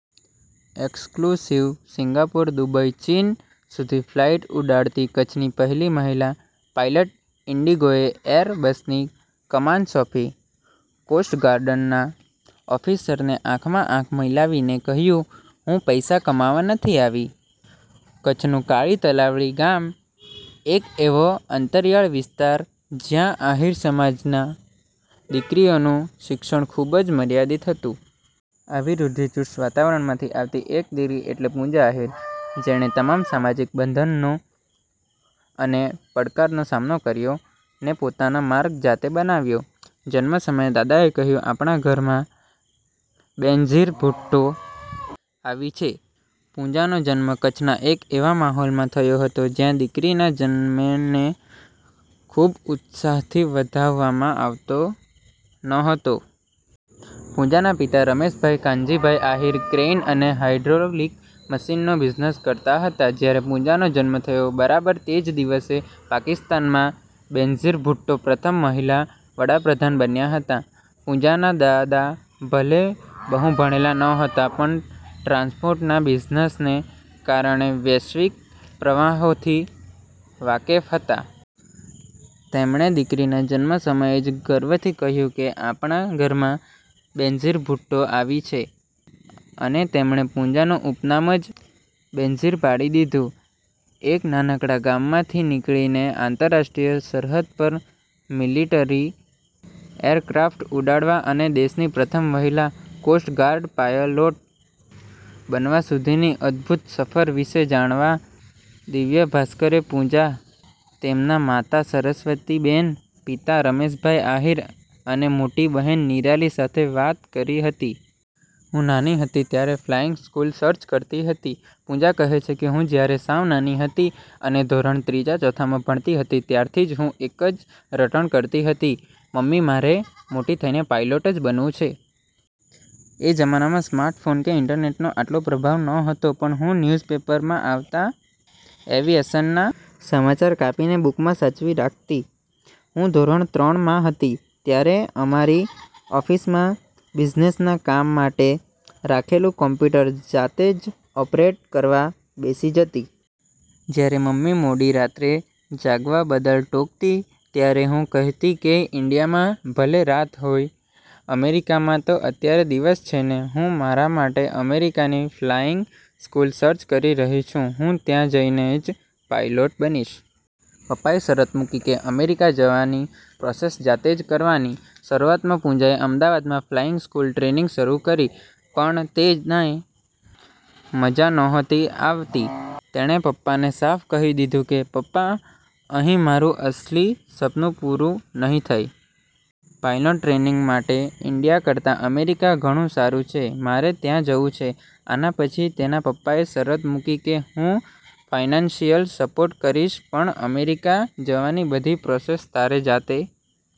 Exclusive: Singapore, Dubai, ચીન સુધી flight ઉડાડતી કચ્છની પહેલી મહિલા પાયલટ. ઇન્ડિગોએ એર બસની કમાન સોંપી, કોસ્ટ ગાર્ડના ઓફિસરને આંખમાં આંખ મિલાવી કહ્યું- "હું પૈસા કમાવા નથી આવી. કચ્છનું કાળી તલાવડી ગામ. એક એવો અંતરિયાળ વિસ્તાર જ્યાં આહીર સમાજમાં દીકરીઓનું શિક્ષણ ખૂબ જ મર્યાદિત હતું. આવા રૂઢિચુસ્ત વાતાવરણમાંથી આવતી એક દીકરી એટલે પૂજા આહીર. જેણે તમામ સામાજિક બંધનો અને પડકારોનો સામનો કર્યો ને પોતાનો માર્ગ જાતે બનાવ્યુ. જન્મ સમયે દાદાએ કહ્યું,"આપણા ઘરમાં બેનઝીર ભુટ્ટો આવી છે." પૂજાનો જન્મ કચ્છના એક એવા માહોલમાં થયો હતો જ્યાં દીકરીના જન્મને બહુ ઉત્સાહથી વધાવવામાં આવતો નહોતો. પૂજાના પિતા રમેશભાઇ કાનજીભાઇ આહીર ક્રેઇન અને હાઇડ્રોલિક મશીનનો બિઝનેસ કરતા હતા. જ્યારે પૂજાનો જન્મ થયો, બરાબર તે જ દિવસે પાકિસ્તાનમાં બેનઝીર ભુટ્ટો પ્રથમ મહિલા વડાપ્રધાન બન્યા હતા. પૂજાના દાદા ભલે બહુ ભણેલા નહોતા, પણ ટ્રાન્સપોર્ટના બિઝનેસને કારણે વૈશ્વિક પ્રવાહોથી વાકેફ હતા. તેમણે દીકરીના જન્મ સમયે જ ગર્વથી કહ્યું કે,"આપણા ઘરમાં બેનઝીર ભુટ્ટો આવી છે," અને તેમણે પૂજાનું ઉપનામ જ બેનઝીર પાડી દીધું. એક નાનકડા ગામડામાંથી નીકળીને આંતરરાષ્ટ્રીય સરહદ પર મિલિટરી એરક્રાફ્ટ ઉડાડવા અને દેશની પ્રથમ મહિલા કોસ્ટ ગાર્ડ પાયલોટ બનવા સુધીની અદભૂત સફર વિશે જાણવા દિવ્ય ભાસ્કરે પૂજા, તેમના માતા સરસ્વતીબેન, પિતા રમેશભાઈ આહીર, અને મોટી બહેન નિરાલી સાથે વાત કરી હતી. "હું નાની હતી ત્યારે ફ્લાઇંગ સ્કૂલ સર્ચ કરતી હતી". પૂજા કહે છે કે, "હું જ્યારે સાવ નાની હતી, અને ધોરણ ત્રીજા-ચૌથામાં ભણતી હતી ત્યારથી જ હું એક જ રટણ કરતી હતી કે "મમ્મી, મારે મોટી થઇને પાયલોટ જ બનવું છે." એ જમાનામાં સ્માર્ટફોન કે ઇન્ટરનેટનો આટલો પ્રભાવ નહોતો પણ હું ન્યૂઝપેપરમાં આવતા એવિએશનના સમાચાર કાપીને બૂકમાં સાચવી રાખતી. હું ધોરણ ત્રણ માં હતી, ત્યારે અમારી ઓફિસમાં બિઝનેસના કામ માટે રાખેલું કોમ્પ્યુટર જાતે જ ઓપરેટ કરવા બેસી જતી. જ્યારે મમ્મી મોડી રાત્રે જાગવા બદલ ટોકતી, ત્યારે હું કહેતી કે ઇન્ડિયામાં ભલે રાત હોય, અમેરિકામાં તો અત્યારે દિવસ છે ને. હું મારા માટે અમેરિકાની ફ્લાઇંગ સ્કૂલ સર્ચ કરી રહી છું. હું ત્યાં જઇને જ પાયલોટ બનીશ. પપ્પાએ શરત મુકી કે અમેરિકા જવાની પ્રોસેસ જાતે જ કરવાની. શરૂઆતમાં પૂજાએ અમદાવાદમાં ફ્લાઇંગ ટ્રેનિંગ શરૂ કરી પણ તેને મજા નહોતી આવતી. તેણે પપ્પાને સાફ કહી દીધું કે, "પપ્પા, અહીં મારું અસલી સપનું પૂરું નહીં થાય. પાયલોટ ટ્રેનિંગ માટે ઇન્ડિયા કરતાં અમેરિકા ઘણું સારું છે, મારે ત્યાં જવું છે." આના પછી તેના પપ્પાએ શરત મૂકી કે, "હું ફાઇનાન્સિયલી સપોર્ટ કરીશ પણ અમેરિકા જવાની બધી પ્રોસેસ તારે જાતે